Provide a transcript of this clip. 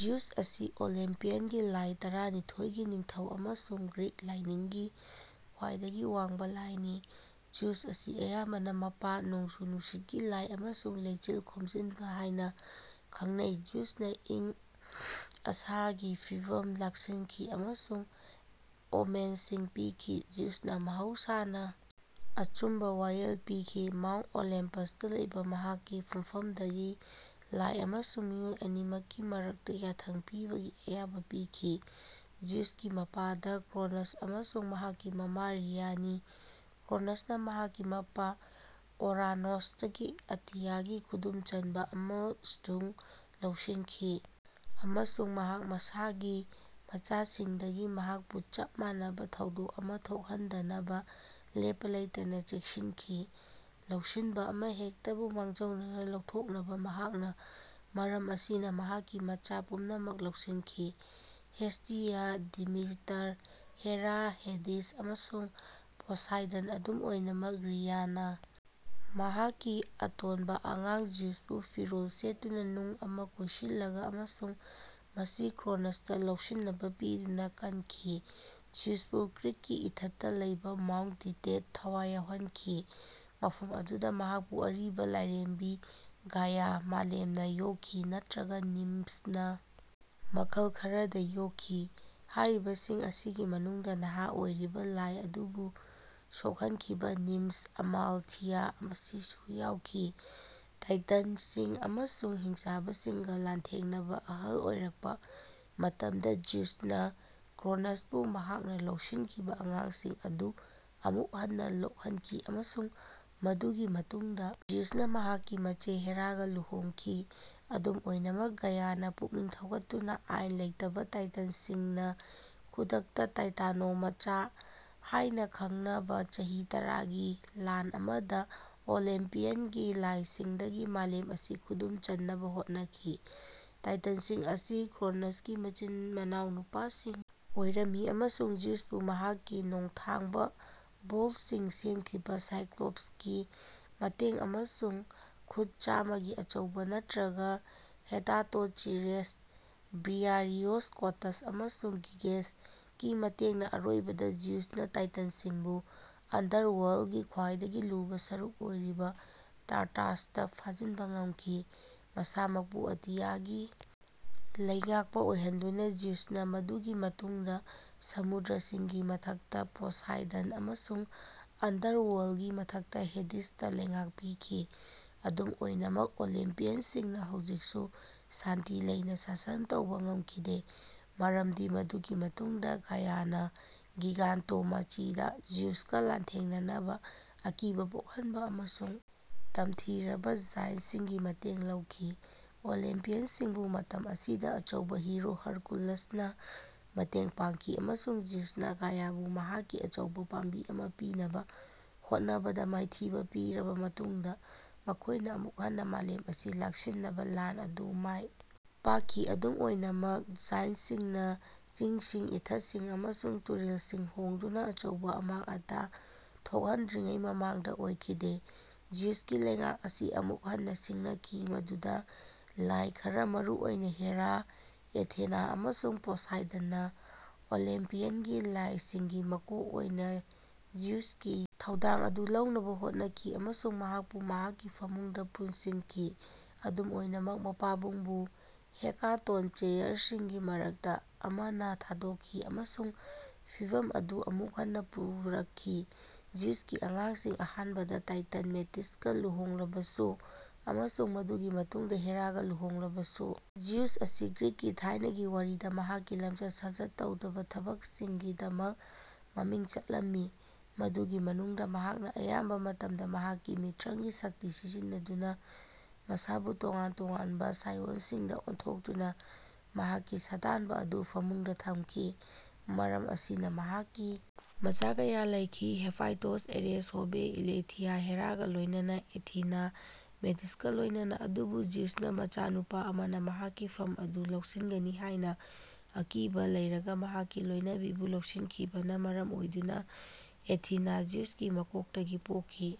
Zeus ꯑꯁꯤ ꯑꯣꯂꯤꯝꯄꯤꯌꯟꯒꯤ ꯂꯥꯏ ꯇꯔꯥꯅꯤꯊꯣꯏꯒꯤ ꯅꯤꯡꯊꯧ ꯑꯃꯁꯨꯡ ꯒ꯭ꯔꯤꯛ ꯂꯥꯏꯅꯤꯡꯒꯤ ꯈ꯭ꯋꯥꯏꯗꯒꯤ ꯋꯥꯡꯕ ꯂꯥꯏꯅꯤ꯫ ꯖꯤꯎꯁ ꯑꯁꯤ ꯑꯌꯥꯝꯕꯅ ꯃꯄꯥ, ꯅꯣꯡꯖꯨ-ꯅꯨꯡꯁꯤꯠꯀꯤ ꯂꯥꯏ ꯑꯃꯁꯨꯡ 'ꯂꯩꯆꯤꯜ ꯈꯣꯝꯖꯤꯟꯕ' ꯍꯥꯏꯅ ꯈꯪꯅꯩ꯫ ꯖꯤꯎꯁꯅ ꯑꯏꯪ ꯑꯁꯥꯒꯤ ꯐꯤꯚꯝ ꯂꯥꯛꯁꯤꯟꯈꯤ ꯑꯃꯁꯨꯡ ꯑꯣꯃꯦꯟꯁꯤꯡ ꯄꯤꯈꯤ꯫ ꯖꯤꯎꯁꯅ ꯃꯍꯧꯁꯥꯅ ꯑꯆꯨꯝꯕ ꯋꯥꯌꯦꯜ ꯄꯤꯈꯤ, ꯃꯥꯎꯟꯠ ꯑꯣꯂꯦꯝꯄꯁꯇ ꯂꯩꯕ ꯃꯍꯥꯛꯀꯤ ꯐꯝꯐꯝꯗꯒꯤ ꯂꯥꯏ ꯑꯃꯁꯨꯡ ꯃꯤꯑꯣꯏ ꯑꯅꯤꯃꯛꯀꯤ ꯃꯔꯛꯇ ꯌꯥꯊꯪ ꯄꯤꯕꯒꯤ ꯑꯌꯥꯕ ꯄꯤꯈꯤ꯫ ꯖꯤꯎꯁꯀꯤ ꯃꯄꯥꯗꯤ ꯀ꯭ꯔꯣꯅꯁ ꯑꯃꯁꯨꯡ ꯃꯍꯥꯛꯀꯤ ꯃꯃꯥ ꯔꯤꯌꯥꯅꯤ꯫ ꯀ꯭ꯔꯣꯅꯁꯅ ꯃꯍꯥꯛꯀꯤ ꯃꯄꯥ ꯑꯣꯔꯥꯅꯣꯁꯇꯒꯤ ꯑꯇꯤꯌꯥꯒꯤ ꯈꯨꯗꯨꯝ ꯆꯟꯕ ꯑꯗꯨ ꯂꯧꯁꯤꯟꯈꯤ ꯑꯃꯁꯨꯡ ꯃꯍꯥꯛ ꯃꯁꯥꯒꯤ ꯃꯆꯥꯁꯤꯡꯗꯒꯤ ꯃꯍꯥꯛꯄꯨ ꯆꯞ ꯃꯥꯟꯅꯕ ꯊꯧꯗꯣꯛ ꯑꯃ ꯊꯣꯛꯍꯟꯗꯅꯕ ꯂꯦꯞꯄ ꯂꯩꯇꯅ ꯆꯦꯛꯁꯤꯟꯈꯤ꯫ ꯂꯧꯁꯤꯟꯕ ꯑꯃꯍꯦꯛꯇꯕꯨ ꯃꯥꯡꯖꯧꯅꯅ ꯂꯧꯊꯣꯛꯅꯕ ꯃꯍꯥꯛꯅ ꯃꯔꯝ ꯑꯁꯤꯅ ꯃꯍꯥꯛꯀꯤ ꯃꯆꯥ ꯄꯨꯝꯅꯃꯛ ꯂꯧꯁꯤꯟꯈꯤ: ꯍꯦꯁꯇꯤꯌꯥ, ꯗꯦꯃꯤꯇꯔ, ꯍꯦꯔꯥ, ꯍꯦꯗꯤꯁ, ꯑꯃꯁꯨꯡ ꯄꯣꯁꯥꯏꯗꯟ꯫ ꯑꯗꯨꯝ ꯑꯣꯏꯅꯃꯛ, ꯔꯤꯌꯥꯅ ꯃꯍꯥꯛꯀꯤ ꯑꯇꯣꯟꯕ ꯑꯉꯥꯡ ꯖ꯭ꯌꯨꯁꯄꯨ ꯐꯤꯔꯣꯜ ꯁꯦꯠꯇꯨꯅ ꯅꯨꯡ ꯑꯃ ꯀꯣꯏꯁꯤꯜꯂꯒ ꯑꯃꯁꯨꯡ ꯃꯁꯤ ꯀ꯭ꯔꯣꯅꯁꯇ ꯂꯧꯁꯤꯟꯅꯕ ꯄꯤꯗꯨꯅ ꯀꯟꯈꯤ꯫ ꯖꯤꯎꯁꯄꯨ ꯀ꯭ꯔꯤꯠꯀꯤ ꯏꯊꯠꯇ ꯂꯩꯕ ꯃꯥꯎꯟꯠ ꯗꯤꯛꯇꯦꯠ ꯊꯋꯥꯏ ꯌꯥꯎꯍꯟꯈꯤ, ꯃꯐꯝ ꯑꯗꯨꯗ ꯃꯍꯥꯛꯄꯨ ꯑꯔꯤꯕ ꯂꯥꯏꯔꯦꯝꯕꯤ ꯒꯥꯏꯌꯥ (ꯃꯥꯂꯦꯝ)ꯅ ꯌꯣꯛꯈꯤ, ꯅꯠꯇ꯭ꯔꯒ ꯅꯤꯝꯁꯅ ꯃꯈꯜ ꯈꯔꯗ ꯌꯣꯛꯈꯤ꯫ ꯍꯥꯏꯔꯤꯕꯁꯤꯡ ꯑꯁꯤꯒꯤ ꯃꯅꯨꯡꯗ ꯅꯍꯥ ꯑꯣꯏꯔꯤꯕ ꯂꯥꯏ ꯑꯗꯨꯕꯨ ꯁꯣꯛꯍꯟꯈꯤꯕ ꯅꯤꯝꯁ, ꯑꯃꯥꯜꯊꯤꯌꯥ ꯑꯁꯤꯁꯨ ꯌꯥꯎꯈꯤ꯫ ꯇꯥꯏꯇꯟꯁꯤꯡ ꯑꯃꯁꯨꯡ ꯍꯤꯡꯆꯥꯕꯁꯤꯡꯒ ꯂꯥꯟꯊꯦꯡꯅꯕ ꯑꯍꯜ ꯑꯣꯏꯔꯛꯄ ꯃꯇꯝꯗ ꯖꯤꯎꯁꯅ ꯀ꯭ꯔꯣꯅꯁꯄꯨ ꯃꯍꯥꯛꯅ ꯂꯧꯁꯤꯟꯈꯤꯕ ꯑꯉꯥꯡꯁꯤꯡ ꯑꯗꯨ ꯑꯃꯨꯛ ꯍꯟꯅ ꯂꯣꯛꯍꯟꯈꯤ ꯑꯃꯁꯨꯡ ꯃꯗꯨꯒꯤ ꯃꯇꯨꯡꯗ ꯖꯤꯎꯁꯅ ꯃꯍꯥꯛꯀꯤ ꯃꯆꯦ ꯍꯦꯔꯥꯒ ꯂꯨꯍꯣꯡꯈꯤ꯫ ꯑꯗꯨꯝ ꯑꯣꯏꯅꯃꯛ, ꯒꯥꯏꯌꯥꯅ ꯄꯨꯛꯅꯤꯡ ꯊꯧꯒꯠꯇꯨꯅ ꯑꯥꯏꯟ ꯂꯩꯇꯕ ꯇꯥꯏꯇꯟꯁꯤꯡꯅ ꯈꯨꯗꯛꯇ ꯇꯥꯏꯇꯥꯅꯣꯃꯥꯆꯤ ꯍꯥꯏꯅ ꯈꯪꯅꯕ ꯆꯍꯤ ꯇꯔꯥꯒꯤ ꯂꯥꯟ ꯑꯃꯗ ꯑꯣꯂꯤꯝꯄꯤꯌꯟꯒꯤ ꯂꯥꯏꯁꯤꯡꯗꯒꯤ ꯃꯥꯂꯦꯝ ꯑꯁꯤ ꯈꯨꯗꯨꯝ ꯆꯟꯅꯕ ꯍꯣꯠꯅꯈꯤ꯫ ꯇꯥꯏꯇꯟꯁꯤꯡ ꯑꯁꯤ ꯀ꯭ꯔꯣꯅꯁꯀꯤ ꯃꯆꯤꯟ-ꯃꯅꯥꯎ ꯅꯨꯄꯥꯁꯤꯡ ꯑꯣꯏꯔꯝꯃꯤ ꯑꯃꯁꯨꯡ ꯖꯤꯎꯁꯄꯨ ꯃꯍꯥꯛꯀꯤ ꯅꯣꯡꯊꯥꯡꯕ ꯕꯣꯜꯠꯁꯤꯡ ꯁꯦꯝꯈꯤꯕ ꯁꯥꯏꯀ꯭ꯂꯣꯞꯁꯀꯤ ꯃꯇꯦꯡ ꯑꯃꯁꯨꯡ ꯈꯨꯠ ꯆꯥꯝꯃꯒꯤ ꯑꯆꯧꯕ ꯅꯠꯇ꯭ꯔꯒ ꯍꯦꯀꯥꯇꯣꯟꯆꯤꯔꯦꯁ (ꯕ꯭ꯔꯤꯌꯥꯔꯤꯑꯣꯁ, ꯀꯣꯇꯁ ꯑꯃꯁꯨꯡ ꯒꯤꯒꯦꯁ)ꯒꯤ ꯃꯇꯦꯡꯅ ꯑꯔꯣꯏꯕꯗ ꯖꯤꯎꯁꯅ ꯇꯥꯏꯇꯟꯁꯤꯡꯕꯨ ꯑꯟꯗꯔꯋꯥꯔꯜꯀꯤ ꯈ꯭ꯋꯥꯏꯗꯒꯤ ꯂꯨꯕ ꯁꯔꯨꯛ ꯑꯣꯏꯔꯤꯕ ꯇꯥꯔꯇꯥꯔꯁꯇ ꯐꯥꯖꯤꯟꯕ ꯉꯝꯈꯤ꯫ ꯃꯁꯥꯃꯛꯄꯨ ꯑꯇꯤꯌꯥꯒꯤ ꯂꯩꯉꯥꯛꯄ ꯑꯣꯏꯍꯟꯗꯨꯅ, ꯖꯤꯎꯁꯅ ꯃꯗꯨꯒꯤ ꯃꯇꯨꯡꯗ ꯁꯃꯨꯗ꯭ꯔꯁꯤꯡꯒꯤ ꯃꯊꯛꯇ ꯄꯣꯁꯥꯏꯗꯟ ꯑꯃꯁꯨꯡ ꯑꯟꯗꯔꯋꯥꯔꯜꯀꯤ ꯃꯊꯛꯇ ꯍꯦꯗꯤꯁꯇ ꯂꯩꯉꯥꯛ ꯄꯤꯈꯤ꯫ ꯑꯗꯨꯝ ꯑꯣꯏꯅꯃꯛ, ꯑꯣꯂꯤꯝꯄꯤꯌꯟꯁꯤꯡꯅ ꯍꯧꯖꯤꯛꯁꯨ ꯁꯥꯟꯇꯤ ꯂꯩꯅ ꯁꯥꯁꯟ ꯇꯧꯕ ꯉꯝꯈꯤꯗꯦ, ꯃꯔꯝꯗꯤ ꯃꯗꯨꯒꯤ ꯃꯇꯨꯡꯗ ꯒꯥꯏꯌꯥꯅ ꯒꯤꯒꯥꯟꯇꯣꯃꯥꯆꯤꯗ ꯖꯤꯎꯁꯀ ꯂꯥꯟꯊꯦꯡꯅꯅꯕ ꯑꯀꯤꯕ ꯄꯣꯛꯍꯟꯕ ꯑꯃꯁꯨꯡ ꯇꯝꯊꯤꯔꯕ ꯖꯥꯏꯟꯠꯁꯤꯡꯒꯤ ꯃꯇꯦꯡ ꯂꯧꯈꯤ꯫ ꯑꯣꯂꯤꯝꯄꯤꯌꯟꯁꯤꯡꯕꯨ ꯃꯇꯝ ꯑꯁꯤꯗ ꯑꯆꯧꯕ ꯍꯤꯔꯣ ꯍꯔꯀꯨꯂꯤꯁꯅ ꯃꯇꯦꯡ ꯄꯥꯡꯈꯤ ꯑꯃꯁꯨꯡ ꯖꯤꯎꯁꯅ ꯒꯥꯏꯌꯥꯕꯨ ꯃꯍꯥꯛꯀꯤ ꯑꯆꯧꯕ ꯄꯥꯝꯕꯤ ꯑꯃ ꯄꯤꯅꯕ ꯍꯣꯠꯅꯕꯗ ꯃꯥꯏꯊꯤꯕ ꯄꯤꯔꯕ ꯃꯇꯨꯡꯗ, ꯃꯈꯣꯏꯅ ꯑꯃꯨꯛ ꯍꯟꯅ ꯃꯥꯂꯦꯝ ꯑꯁꯤ ꯂꯥꯛꯁꯤꯟꯅꯕ ꯂꯥꯟ ꯑꯗꯨ ꯃꯥꯏ ꯄꯥꯛꯈꯤ, ꯑꯗꯨꯝ ꯑꯣꯏꯅꯃꯛ, ꯖꯥꯏꯟꯠꯁꯤꯡꯅ ꯆꯤꯡꯁꯤꯡ, ꯏꯊꯠꯁꯤꯡ ꯑꯃꯁꯨꯡ ꯇꯨꯔꯦꯜꯁꯤꯡ ꯍꯣꯡꯗꯨꯅ ꯑꯆꯧꯕ ꯑꯃꯥꯡ-ꯑꯇꯥ ꯊꯣꯛꯍꯟꯗ꯭ꯔꯤꯉꯩ ꯃꯃꯥꯡꯗ ꯑꯣꯏꯈꯤꯗꯦ꯫ ꯖꯤꯎꯁꯀꯤ ꯂꯩꯉꯥꯛ ꯑꯁꯤ ꯑꯃꯨꯛ ꯍꯟꯅ ꯁꯤꯡꯅꯈꯤ ꯃꯗꯨꯗ ꯂꯥꯏ ꯈꯔ, ꯃꯔꯨꯑꯣꯏꯅ ꯍꯦꯔꯥ, ꯑꯦꯊꯦꯅꯥ ꯑꯃꯁꯨꯡ ꯄꯣꯁꯥꯏꯗꯟꯅ ꯑꯣꯂꯤꯝꯄꯤꯌꯟꯒꯤ ꯂꯥꯏꯁꯤꯡꯒꯤ ꯃꯀꯣꯛ ꯑꯣꯏꯅ ꯖꯤꯎꯁꯀꯤ ꯊꯧꯗꯥꯡ ꯑꯗꯨ ꯂꯧꯅꯕ ꯍꯣꯠꯅꯈꯤ ꯑꯃꯁꯨꯡ ꯃꯍꯥꯛꯄꯨ ꯃꯍꯥꯛꯀꯤ ꯐꯃꯨꯡꯗ ꯄꯨꯟꯁꯤꯟꯈꯤ꯫ ꯑꯗꯨꯝ ꯑꯣꯏꯅꯃꯛ, ꯃꯄꯥꯕꯨꯡꯕꯨ ꯍꯦꯀꯥꯇꯣꯟꯆꯦꯌꯔꯁꯤꯡꯒꯤ ꯃꯔꯛꯇ ꯑꯃꯅ ꯊꯥꯗꯣꯛꯈꯤ ꯑꯃꯁꯨꯡ ꯐꯤꯚꯝ ꯑꯗꯨ ꯑꯃꯨꯛ ꯍꯟꯅ ꯄꯨꯔꯛꯈꯤ꯫ ꯖꯤꯎꯁꯀꯤ ꯑꯉꯥꯡꯁꯤꯡ ꯑꯍꯥꯟꯕꯗ ꯇꯥꯏꯇꯟ ꯃꯦꯇꯤꯁꯀ ꯂꯨꯍꯣꯡꯂꯕꯁꯨ ꯑꯃꯁꯨꯡ ꯃꯗꯨꯒꯤ ꯃꯇꯨꯡꯗ ꯍꯦꯔꯥꯒ ꯂꯨꯍꯣꯡꯂꯕꯁꯨ, ꯖꯤꯎꯁ ꯑꯁꯤ ꯒ꯭ꯔꯤꯛꯀꯤ ꯊꯥꯏꯅꯒꯤ ꯋꯥꯔꯤꯗ ꯃꯍꯥꯛꯀꯤ ꯂꯝꯆꯠ-ꯁꯥꯖꯠ ꯇꯧꯗꯕ ꯊꯕꯛꯁꯤꯡꯒꯤꯗꯃꯛ ꯃꯃꯤꯡ ꯆꯠꯂꯝꯃꯤ, ꯃꯗꯨꯒꯤ ꯃꯅꯨꯡꯗ ꯃꯍꯥꯛꯅ ꯑꯌꯥꯝꯕ ꯃꯇꯝꯗ ꯃꯍꯥꯛꯀꯤ ꯃꯤꯇ꯭ꯔꯪꯒꯤ ꯁꯛꯇꯤ ꯁꯤꯖꯤꯟꯅꯗꯨꯅ ꯃꯁꯥꯕꯨ ꯇꯣꯉꯥꯟ ꯇꯣꯉꯥꯟꯕ ꯁꯥꯏꯑꯣꯟꯁꯤꯡꯗ ꯑꯣꯟꯊꯣꯛꯇꯨꯅ ꯃꯍꯥꯛꯀꯤ ꯁꯥꯗꯥꯟꯕ ꯑꯗꯨ ꯐꯃꯨꯡꯗ ꯊꯝꯈꯤ꯫ ꯃꯔꯝ ꯑꯁꯤꯅ ꯃꯍꯥꯛꯀꯤ ꯃꯆꯥ ꯀꯌꯥ ꯂꯩꯈꯤ: ꯍꯦꯐꯥꯏꯁ꯭ꯇꯣꯁ, ꯑꯔꯦꯁ, ꯍꯦꯕꯦ, ꯏꯂꯦꯊꯤꯌꯥ ꯍꯦꯔꯥꯒ ꯂꯣꯏꯅꯅ꯫ ꯑꯦꯊꯤꯅꯥ ꯃꯦꯇꯤꯁꯀ ꯂꯣꯏꯅꯅ ꯑꯗꯨꯕꯨ ꯖꯤꯎꯁꯅ ꯃꯆꯥꯅꯨꯄꯥ ꯑꯃꯅ ꯃꯍꯥꯛꯀꯤ ꯐꯝ ꯑꯗꯨ ꯂꯧꯁꯤꯟꯒꯅꯤ ꯍꯥꯏꯅ ꯑꯀꯤꯕ ꯂꯩꯔꯒ ꯃꯍꯥꯛꯀꯤ ꯂꯣꯏꯅꯕꯤꯕꯨ ꯂꯧꯁꯤꯟꯈꯤꯕꯅ ꯃꯔꯝ ꯑꯣꯏꯗꯨꯅ ꯑꯦꯊꯤꯅꯥ ꯖꯤꯎꯁꯀꯤ ꯃꯀꯣꯛꯇꯒꯤ ꯄꯣꯛꯈꯤ꯫